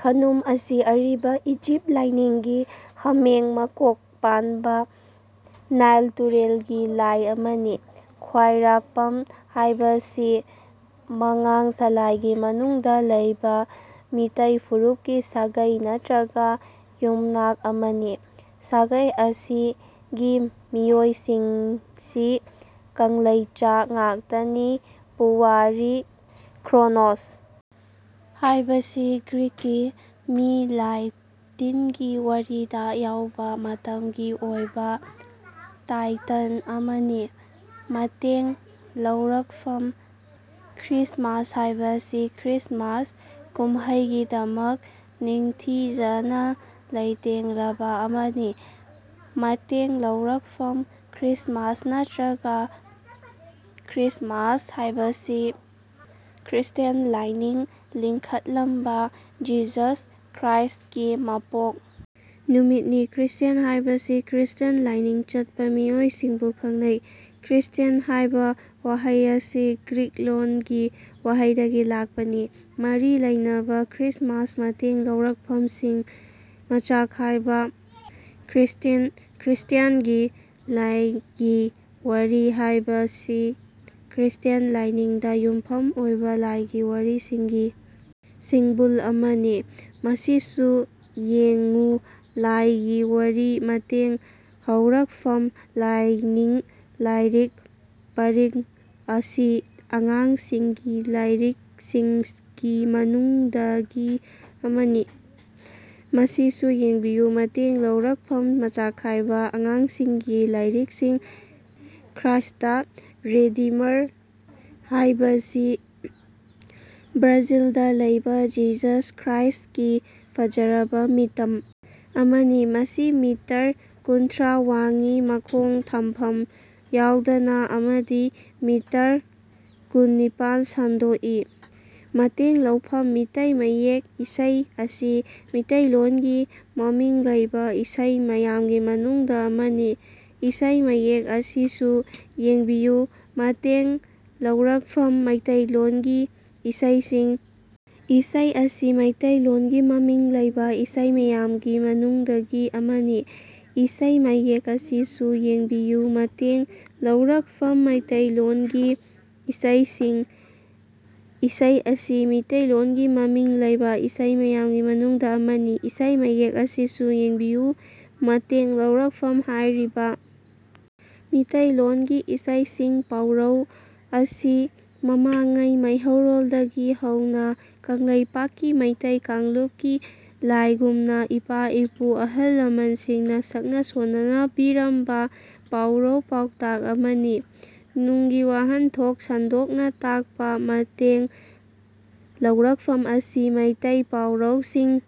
Khnum ꯑꯁꯤ ꯑꯔꯤꯕ ꯏꯖꯤꯞ ꯂꯥꯢꯅꯤꯡꯒꯤ ꯍꯥꯃꯦꯡ ꯃꯀꯣꯛ ꯄꯥꯟꯕ ꯅꯥꯢꯜ ꯇꯨꯔꯦꯜ ꯒꯤ ꯂꯥꯢ ꯑꯃꯅꯤ꯫ ꯈ꯭ꯋꯥꯏꯔꯥꯛꯄꯝ ꯍꯥꯏꯕꯁꯤ ꯃꯉꯥꯡ ꯁꯂꯥꯏꯒꯤ ꯃꯅꯨꯡꯗ ꯂꯩꯕ ꯃꯤꯇꯩ ꯐꯨꯔꯨꯞꯀꯤ ꯁꯥꯒꯩ ꯅꯠꯇ꯭ꯔꯒ ꯌꯨꯝꯅꯥꯛ ꯑꯃꯅꯤ꯫ ꯁꯥꯒꯩ ꯑꯁꯤ ꯒꯤ ꯃꯤꯑꯣꯢꯁꯤꯡꯁꯤ ꯀꯪꯂꯩꯆꯥ ꯉꯥꯛꯇꯅꯤ꯫ ꯄꯨꯋꯥꯔꯤ ꯈ꯭ꯔꯣꯅꯣꯁ ꯍꯥꯏꯕꯁꯤ ꯒ꯭ꯔꯤꯛꯀꯤ ꯃꯤ ꯂꯥꯢ ꯇꯤꯟꯒꯤ ꯋꯥꯔꯤꯗ ꯌꯥꯎꯕ ꯃꯇꯝꯒꯤ ꯑꯣꯢꯕ ꯇꯥꯢꯇꯟ ꯑꯃꯅꯤ꯫ ꯃꯇꯦꯡ ꯂꯧꯔꯛꯐꯝ ꯈ꯭ꯔꯤꯁꯃꯥꯁ ꯍꯥꯏꯕꯁꯤ ꯈ꯭ꯔꯤꯁꯃꯥꯁ ꯀꯨꯝꯃꯩꯒꯤꯗꯃꯛ ꯅꯤꯡꯊꯤꯖꯅ ꯂꯩꯇꯦꯡꯂꯕ ꯑꯃꯅꯤ꯫ ꯃꯇꯦꯡ ꯂꯧꯔꯛꯐꯝ ꯈ꯭ꯔꯤꯁꯃꯥꯁ ꯅꯠꯇ꯭ꯔꯒ ꯈ꯭ꯔꯤꯁ꯭ꯠꯃꯥꯁ ꯍꯥꯏꯕꯁꯤ ꯈ꯭ꯔꯤꯁꯇꯤꯌꯥꯟ ꯂꯥꯢꯅꯤꯡ ꯂꯤꯡꯈꯠꯂꯝꯕ ꯖꯤꯖꯁ ꯈ꯭ꯔꯥꯢꯁ ꯀꯤ ꯃꯄꯣꯛ ꯅꯨꯃꯤꯠꯅꯤ꯫ꯈ꯭ꯔꯤꯁꯇꯤꯑꯦꯟ ꯍꯥꯏꯕꯁꯤ ꯈꯔꯤꯁꯇ꯭ꯌꯟ ꯂꯥꯏꯅꯤꯡ ꯆꯠꯄ ꯃꯤꯑꯣꯢ ꯁꯤꯡꯕꯨ ꯈꯪꯅꯩ꯫ ꯈꯔ꯭ꯤꯁꯇ꯭ꯌꯟ ꯍꯥꯢꯕ ꯋꯥꯍꯩ ꯑꯁꯤ ꯒ꯭ꯔꯤꯛ ꯂꯣꯟꯒꯤ ꯋꯥꯍꯩꯗꯒꯤ ꯂꯥꯛꯄꯅꯤ꯫ ꯃꯔꯤ ꯂꯩꯅꯕ ꯈ꯭ꯔꯤꯁ꯭ꯠꯃꯥꯁ ꯃꯇꯦꯡ ꯂꯧꯔꯛꯐꯝꯁꯤꯡ ꯃꯆꯥꯈꯥꯏꯕ ꯈ꯭ꯔꯤꯁꯇꯤꯑꯦꯟ ꯈ꯭ꯔꯤꯁꯇ꯭ꯌꯥꯟꯒꯤ ꯂꯥꯢꯒꯤ ꯋꯥꯔꯤ ꯍꯥꯏꯕꯁꯤ ꯈ꯭ꯔꯤꯁꯇ꯭ꯌꯥꯟ ꯂꯥꯢꯅꯤꯡꯗ ꯌꯨꯝꯐꯝ ꯑꯣꯢꯕ ꯂꯥꯢꯒꯤ ꯋꯥꯔꯤꯁꯤꯡꯒꯤ ꯁꯤꯡꯕꯨꯜ ꯑꯃꯅꯤ꯫ꯃꯁꯤꯁꯨ ꯌꯦꯡꯉꯨ ꯂꯥꯢꯒꯤ ꯋꯥꯔꯤ ꯃꯇꯦꯡ ꯂꯧꯔꯛꯐꯝ ꯂꯥꯏꯅꯤꯡ ꯂꯥꯢꯔꯤꯛ ꯄꯔꯤꯡ ꯑꯁꯤ ꯑꯉꯥꯡꯁꯤꯡꯒꯤ ꯂꯥꯢꯔꯤꯛꯁꯤꯡꯒꯤ ꯃꯅꯨꯡꯗꯒꯤ ꯑꯃꯅꯤ꯫ ꯃꯁꯤꯁꯨ ꯌꯦꯡꯕꯤꯌꯨ ꯃꯇꯦꯡ ꯂꯧꯔꯛꯐꯝ ꯃꯆꯥꯈꯥꯏꯕ ꯑꯉꯥꯡꯁꯤꯡꯒꯤ ꯂꯥꯢꯔꯤꯛꯁꯤꯡ ꯈ꯭ꯔꯥꯢꯁ꯭ꯠ ꯗ ꯔꯦꯗꯤꯃꯔ ꯍꯥꯏꯕꯁꯤ ꯕ꯭ꯔꯥꯖꯤꯜꯗ ꯂꯩꯕ ꯖꯤꯖꯁ ꯈ꯭ꯔꯥꯢꯁ꯭ꯠ ꯀꯤ ꯐꯖꯔꯕ ꯃꯤꯇꯝ ꯑꯃꯅꯤ꯫ ꯃꯁꯤ ꯃꯤꯇꯔ ꯀꯨꯟꯊꯔꯥ ꯋꯥꯡꯢ ꯃꯈꯣꯡ ꯊꯝꯐꯝ ꯌꯥꯎꯗꯅ ꯑꯃꯗꯤ ꯃꯤꯇꯔ ꯀꯨꯟꯅꯤꯄꯥꯜ ꯁꯟꯗꯣꯛꯢ꯫ ꯃꯇꯦꯡ ꯂꯧꯐꯝ ꯃꯤꯇꯩ ꯃꯌꯦꯛ ꯏꯁꯩ ꯑꯁꯤ ꯃꯤꯇꯩꯂꯣꯟꯒꯤ ꯃꯃꯤꯡ ꯂꯩꯕ ꯏꯁꯩ ꯃꯌꯥꯝꯒꯤ ꯃꯅꯨꯡꯗ ꯑꯃꯅꯤ꯫ ꯏꯁꯩ ꯃꯌꯦꯛ ꯑꯥꯁꯤꯁꯨ ꯌꯦꯡꯕꯤꯌꯨ ꯃꯇꯦꯡ ꯂꯧꯔꯛꯐꯝ ꯃꯤꯇꯩꯂꯣꯟꯒꯤ ꯏꯁꯩꯁꯤꯡ ꯏꯁꯩ ꯑꯁꯤ ꯃꯤꯇꯩꯂꯣꯟꯒꯤ ꯃꯃꯤꯡ ꯂꯩꯕ ꯏꯁꯩ ꯃꯌꯥꯝꯒꯤ ꯃꯅꯨꯡꯗꯒꯤ ꯑꯃꯅꯤ꯫ ꯏꯁꯩ ꯃꯌꯦꯛ ꯃꯁꯤꯁꯨ ꯌꯦꯡꯕꯤꯌꯨ ꯃꯇꯦꯡ ꯂꯧꯔꯛꯐꯝ ꯃꯤꯇꯩꯂꯣꯟꯒꯤ ꯏꯁꯩꯁꯤꯡ ꯏꯁꯩ ꯑꯁꯤ ꯃꯤꯇꯩꯂꯣꯟꯒꯤ ꯃꯃꯤꯡ ꯂꯩꯕ ꯏꯁꯩ ꯃꯌꯥꯝꯒꯤ ꯃꯅꯨꯡꯗꯒꯤ ꯑꯃꯅꯤ꯫ ꯏꯁꯩ ꯃꯌꯦꯛ ꯃꯁꯤꯁꯨ ꯌꯦꯡꯕꯤꯌꯨ ꯃꯇꯦꯡ ꯂꯧꯔꯛꯐꯝ ꯍꯥꯌꯔꯤꯕꯥ ꯃꯤꯇꯩꯂꯣꯟꯒꯤ ꯏꯁꯩꯁꯤꯡ ꯄꯥꯎꯔꯧ ꯑꯁꯤ ꯃꯃꯥꯡꯉꯩ ꯃꯩꯍꯧꯔꯣꯜꯗꯒꯤ ꯍꯧꯅ ꯀꯪꯂꯩꯄꯥꯛꯀꯤ ꯃꯩꯇꯩ ꯀꯥꯡꯂꯨꯞ ꯀꯤ ꯂꯥꯢꯒꯨꯝꯂꯕ ꯏꯄꯥ-ꯏꯄꯨ ꯑꯍꯜ-ꯂꯃꯟꯁꯤꯡꯅ ꯁꯛꯅ ꯁꯣꯟꯅꯕꯤꯔꯝꯕ ꯄꯥꯎꯔꯧ ꯄꯥꯎꯇꯥꯛ ꯑꯃꯅꯤ꯫ ꯅꯨꯡꯒꯤ ꯋꯥꯍꯟꯊꯣꯛ ꯁꯟꯗꯣꯛꯅ ꯇꯥꯛꯄ ꯃꯇꯦꯡ ꯂꯧꯔꯛꯐꯝ ꯑꯁꯤ ꯃꯩꯇꯩ ꯄꯥꯎꯔꯧꯁꯤꯡ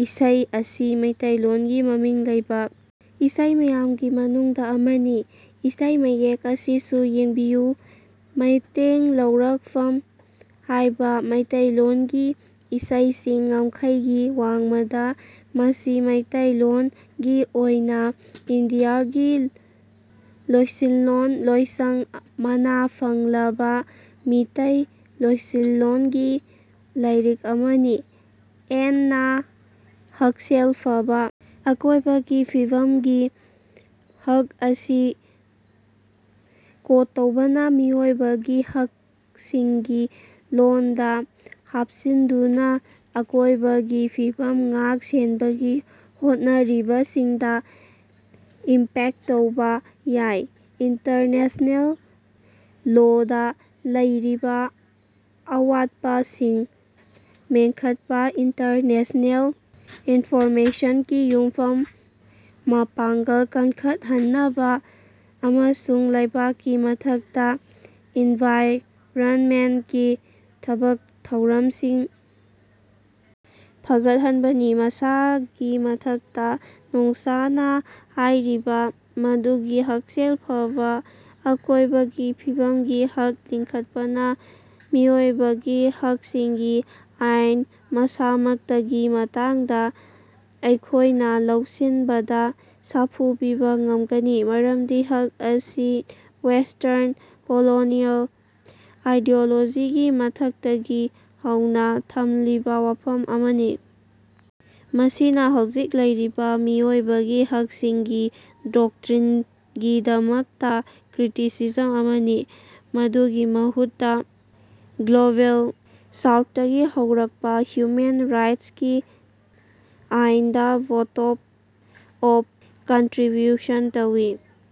ꯏꯁꯩ ꯑꯁꯤ ꯃꯤꯇꯩꯂꯣꯟꯒꯤ ꯃꯃꯤꯡ ꯂꯩꯕ ꯏꯁꯩ ꯃꯌꯥꯝꯒꯤ ꯃꯅꯨꯡꯗꯒꯤ ꯑꯃꯅꯤ꯫ ꯏꯁꯩ ꯃꯌꯦꯛ ꯑꯥꯁꯤꯁꯨ ꯌꯦꯡꯕꯤꯌꯨ ꯃꯇꯦꯡ ꯂꯧꯔꯛꯐꯝ ꯍꯥꯏꯕꯥ ꯃꯤꯇꯩꯂꯣꯟꯒꯤ ꯏꯁꯩꯁꯤꯡ ꯉꯝꯈꯩꯒꯤ ꯋꯥꯡꯃꯗ ꯑꯁꯤ ꯃꯤꯇꯩꯂꯣꯟ ꯒꯤ ꯑꯣꯢꯅ ꯏꯟꯗꯤꯌꯥꯒꯤ ꯂꯣꯢꯁꯤꯟꯂꯣꯟ ꯂꯣꯢꯁꯪ ꯃꯅꯥ ꯐꯪꯂꯛꯂꯕ ꯃꯤꯇꯩ ꯂꯣꯢꯁꯤꯟꯂꯣꯟ ꯒꯤ ꯂꯥꯢꯔꯤꯛ ꯑꯃꯅꯤ꯫ ꯑꯦꯟ ꯅꯥ ꯍꯛꯁꯦꯜ ꯐꯕꯥ ꯑꯀꯣꯌꯕꯒꯤ ꯐꯤꯕꯝꯒꯤ ꯍꯛ ꯑꯁꯤ ꯀꯣꯗ ꯇꯧꯕꯅꯥ ꯃꯤꯑꯣꯏꯕꯒꯤ ꯍꯛꯁꯤꯡꯒꯤ ꯂꯣꯜꯗꯥ ꯍꯥꯞꯆꯤꯟꯗꯨꯅꯥ ꯑꯀꯣꯌꯕꯒꯤ ꯐꯤꯕꯝ ꯉꯥꯛ-ꯁꯦꯅꯕꯒꯤ ꯍꯣꯠꯅꯔꯤꯕꯁꯤꯡꯗꯥ ꯏꯝꯄꯦꯛꯇ ꯇꯧꯕꯥ ꯌꯥꯏ ꯏꯟꯇꯔꯅꯦꯁ꯭ꯅꯦꯜ ꯂꯣꯗꯥ ꯂꯩꯔꯤꯕꯥ ꯑꯋꯥꯠꯄꯁꯤꯡ ꯃꯦꯅꯈꯠꯄꯥ ꯏꯟꯇꯔꯅꯦꯁ꯭ꯅꯦꯜ ꯏꯅꯐꯣꯔꯁꯃꯦꯟꯇꯀꯤ ꯌꯨꯝꯐꯝ ꯃꯄꯥꯉ꯭ꯒꯜ ꯀꯅꯈꯠꯍꯅꯕꯥ ꯑꯃꯁꯨꯡ ꯂꯩꯕꯥꯛꯀꯤ ꯊꯥꯛꯇꯥ ꯑꯦꯟꯚꯥꯏꯔꯅꯃꯦꯟꯇꯀꯤ ꯊꯕꯛ ꯊꯧꯔꯃꯁꯤꯡ ꯐꯒꯠꯍꯅꯕꯥꯅꯤ꯫ ꯃꯁꯤꯒꯤ ꯃꯊꯛꯇꯥ, ꯅꯣꯛꯁꯥꯅ ꯍꯥꯌꯔꯤꯕ ꯃꯗꯨꯗꯤ ꯍꯛꯁꯦꯜ ꯐꯕꯥ ꯑꯀꯣꯌꯕꯒꯤ ꯐꯤꯕꯃꯒꯤ ꯍꯛ ꯂꯤꯡꯈꯠꯄꯅꯥ ꯃꯤꯑꯣꯏꯕꯒꯤ ꯍꯛꯁꯤꯡꯒꯤ ꯑꯥꯏꯟ ꯃꯁꯥꯃꯛꯇꯒꯤ ꯃꯇꯥꯡꯗꯥ ꯑꯩꯈꯣꯌꯅꯥ ꯂꯧꯁꯤꯟꯕꯗꯥ ꯁꯥꯐꯨ ꯄꯤꯕꯥ ꯉꯃꯒꯅꯤ, ꯃꯔꯝꯗꯤ ꯍꯛ ꯑꯁꯤ ꯋꯦꯁ꯭ꯇꯔꯟ ꯀꯣꯂꯣꯅꯤꯑꯦꯜ ꯑꯥꯏꯗꯤꯑꯣꯂꯣꯖꯤꯒꯤ ꯃꯊꯛꯇꯒꯤ ꯍꯧꯅꯥ ꯊꯝꯂꯤꯕꯥ ꯋꯥꯐꯝ ꯑꯃꯅꯤ ꯃꯁꯤꯅꯥ ꯍꯧꯖꯤꯛ ꯂꯩꯔꯤꯕꯥ ꯃꯤꯑꯣꯏꯕꯒꯤ ꯍꯛꯁꯤꯡꯒꯤ ꯗꯣꯛꯇꯔꯤꯟꯒꯤꯗꯃꯛꯇꯥ ꯀ꯭ꯔꯤꯇꯤꯁꯤꯖꯝ ꯑꯃꯅꯤ ꯫ ꯃꯗꯨꯒꯤ ꯃꯍꯨꯠꯇꯥ ꯒ꯭ꯂꯣꯕꯦꯜ ꯁꯥꯎꯊꯇꯒꯤ ꯍꯧꯔꯛꯄꯥ ꯍ꯭ꯌꯨꯃꯦꯟ ꯔꯥꯏꯠꯁꯀꯤ ꯑꯥꯏꯟꯗꯥ ꯕꯣꯇꯣꯞ ꯑꯣꯞ ꯀꯟꯇꯔꯤꯕ꯭ꯌꯨꯁꯟ ꯇꯧꯏ꯫